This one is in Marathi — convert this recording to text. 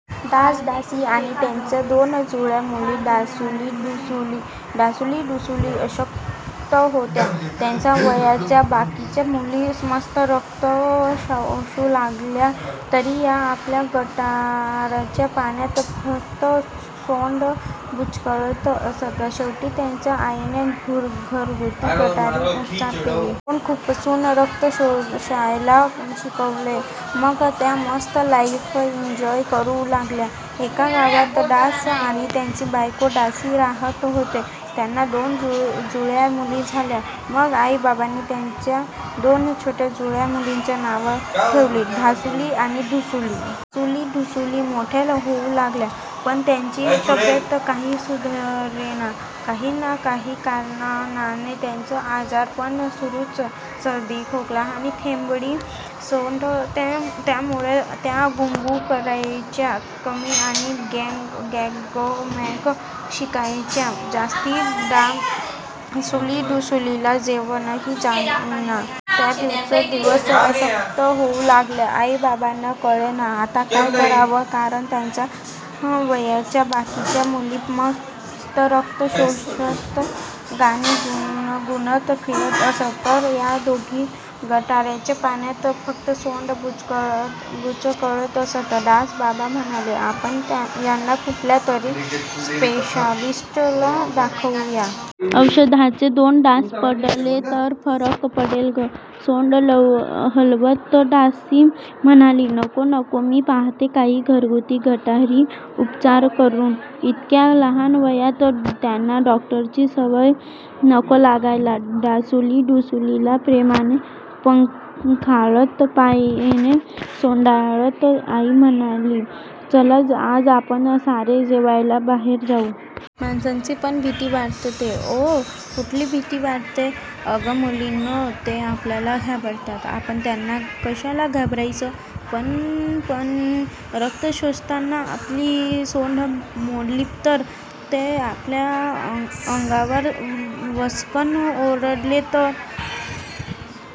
डास-डासी आणि त्यांच्या दोन जुळ्या मुली डासुली, डुसुली. डासुली, डुसुली अशक्त होत्या. त्यांच्या वयाच्या बाकीच्या मुली मस्त रक्त शोषू लागल्या तरी या आपल्या गटाराच्या पाण्यात फक्त सोंड बुचकळत असत. शेवटी त्यांच्या आईने 'घरगुती गटारी' उपचार केले. सोंड खुपसून रक्त शोषायला शिकवले मग त्या मस्त लाईफ एन्जॉय करू लागल्या, एका गावात डास आणि त्याची बायको डासी राहत होते. त्यांना दोन जुळ्या मुली झाल्या. मग आई-बाबांनी त्यांच्या दोन छोट्या जुळ्या मुलींची नावं ठेवली डासुली आणि डुसुली. डासुली, डुसुली मोठ्या होऊ लागल्या, पण त्यांची तब्येत काही सुधरेना. काही ना काही कारणाने त्यांच आजारपण सुरूच. सर्दी, खोकला आणि शेंबडी सोंड. त्या -त्यामुळे त्या गूंगूं करायच्या कमी आणि गैंग गैंग मैंगॅ शिंकायच्या जास्ती. डासुली, डुसुलीला जेवणही जाईना. त्या दिवसेंदिवस अशक्त होऊ लागल्या. आई-बाबांना कळेना आता काय करावं. कारण त्यांच्या वयाच्या बाकीच्या मुली मस्त रक्त शोषत, गाणी गुणगुणत फिरत असत. तर या दोघी गटाराच्या पाण्यात फक्त सोंड बुचकळ-बुचकळत असत. डास बाबा म्हणाले, आपण त्यांना यांना कुठल्यातरी स्पेशालिस्टला दाखवूया. औषधाचे दोन डोस पडले तर फरक पडेल गं, सोंड हलवत डासी म्हणाली, नको, नको. मी पाहते काही घरगुती गटारी उपचार करून. इतक्या लहान वयात त्यांना डॉक्टरची सवय नको लागायला. डासुली, डुसुलीला प्रेमाने पंखाळत, मायेने सोंडाळत आई म्हणाली, चला आज आपण सारे जेवायला बाहेर जाऊ. माणसांची पण भीती वाटत'आँ कुठली भीती वाटते?' अगं मुलींनो ते आपल्याला घाबरतात आपण त्यांना कशाला घाबरायचं पण पण रक्त शोषताना आपली सोंड मोडली तर, ते आपल्या अंगावर वसकन ओरडले तर.